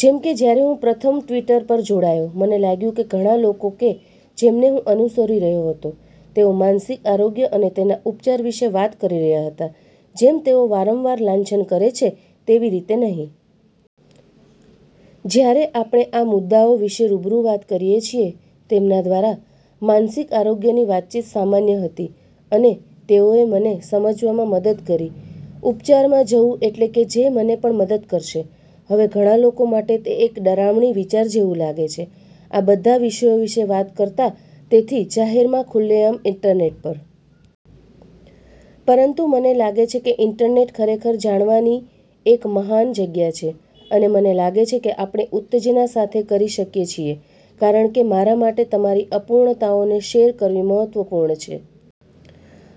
જેમ કે જ્યારે હું પ્રથમ ટિ્વટર પર જોડાયો, મને લાગ્યું કે ઘણા લોકો કે જેમને હું અનુસરી રહ્યો હતો, તેઓ માનસિક આરોગ્ય અને તેના ઉપચાર વિશે વાત કરી રહ્યા હતા જેમ તેઓ વારંવાર લાંછન કરે છે તેવી રીતે નહીં. જ્યારે આપણે આ મુદ્દાઓ વિશે રૂબરૂ વાત કરીએ છીએ તેમના દ્વારા, માનસિક આરોગ્યની વાતચીત સામાન્ય હતી અને તેઓએ મને સમજવામાં મદદ કરી ઉપચારમાં જવું એટલે કે જે મને પણ મદદ કરશે. હવે, ઘણા લોકો માટે તે એક ડરામણી વિચાર જેવું લાગે છે આ બધા વિષયો વિશે વાત કરતાં તેથી જાહેરમાં ખુલ્લેઆમ ઇન્ટરનેટ પર. પરંતુ મને લાગે છે કે ઇન્ટરનેટ ખરેખર જાણવાની એક મહાન જગ્યા છે અને મને લાગે છે કે આપણે ઉત્તેજના સાથે કરી શકીએ છીએ કારણ કે મારા માટે તમારી અપૂર્ણતાઓને શેર કરવી મહત્વપૂર્ણ છે.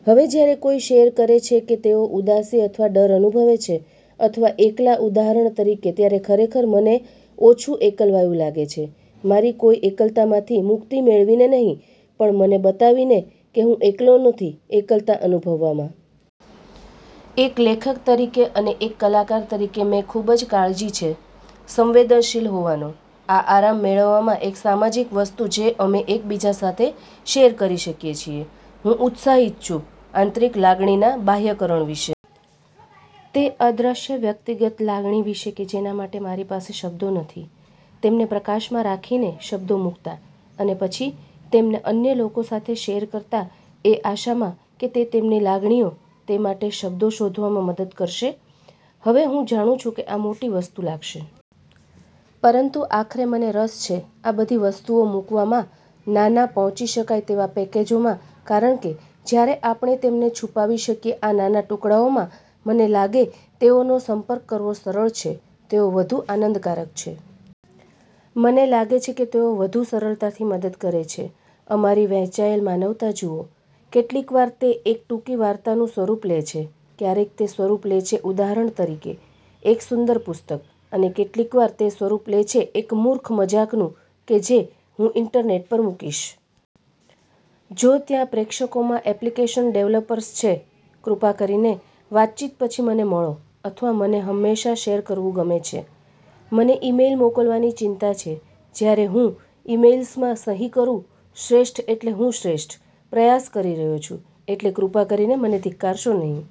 હવે જ્યારે કોઈ શેર કરે છે કે તેઓ ઉદાસી અથવા ડર અનુભવે છે અથવા એકલા ઉદાહરણ તરીકે, ત્યારે ખરેખર મને ઓછું એકલવાયું લાગે છે. મારી કોઈ એકલતામાંથી મુક્તિ મેળવીને નહીં, પણ મને બતાવીને કે હું એકલો નથી એકલતા અનુભવવામાં. એક લેખક તરીકે અને એક કલાકાર તરીકે મેં ખૂબ જ કાળજી છે સંવેદનશીલ હોવાનો. આ આરામ મેળવવામાં એક સામાજિક વસ્તુ જે અમે એકબીજા સાથે શેર કરી શકીએ છીએ. હું ઉત્સાહિત છું આંતરિક લાગણીનાં બાહ્યકરણ વિશે. તે અદૃશ્ય વ્યક્તિગત લાગણી વિશે કે જેના માટે મારી પાસે શબ્દો નથી તેમને પ્રકાશમાં રાખીને, શબ્દો મૂકતાં, અને પછી તેમને અન્ય લોકો સાથે શેર કરતાં એ આશામાં કે તે તેમની લાગણીઓ, તે। માટે શબ્દો શોધવામાં મદદ કરશે હવે, હું જાણું છું કે આ મોટી વસ્તુ લાગશે. પરંતુ આખરે મને રસ છે આ બધી વસ્તુઓ મૂકવામાં નાના, પહોંચી શકાય તેવા પેકેજોમાં, કારણ કે જ્યારે આપણે તેમને છુપાવી શકીએ આ નાના ટુકડાઓમાં, મને લાગે તેઓનો સંપર્ક કરવો સરળ છે. તેઓ વધુ આનંદકારક છે. મને લાગે છે તેઓ વધુ સરળતાથી મદદ કરે છે. અમારી વહેંચાયેલ માનવતા જુઓ. કેટલીકવાર તે એક ટૂંકી વાર્તાનું સ્વરૂપ લે છે. ક્યારેક તે સ્વરૂપ લે છે ઉદાહરણ તરીકે એક સુંદર પુસ્તક. અને કેટલીકવાર તે સ્વરૂપ લે છે એક મૂર્ખ મજાકનું કે જે હું ઇન્ટરનેટ પર મૂકીશ. જો ત્યાં પ્રેક્ષકોમાં એપ્લિકેશન ડેવલપર્સ છે, કૃપા કરીને વાતચીત પછી મને મળો અથવા મને હંમેશા શેર કરવું ગમે છે. મને ઇમેઇલ મોકલવાની ચિંતા છે. જ્યારે હું ઇમેઇલ્સમાં સહી કરું, "શ્રેષ્ઠ" એટલે હું શ્રેષ્ઠ પ્રયાસ કરી રહ્યો છું. એટલે કૃપા કરીને મને ધિક્કારશો નહિ.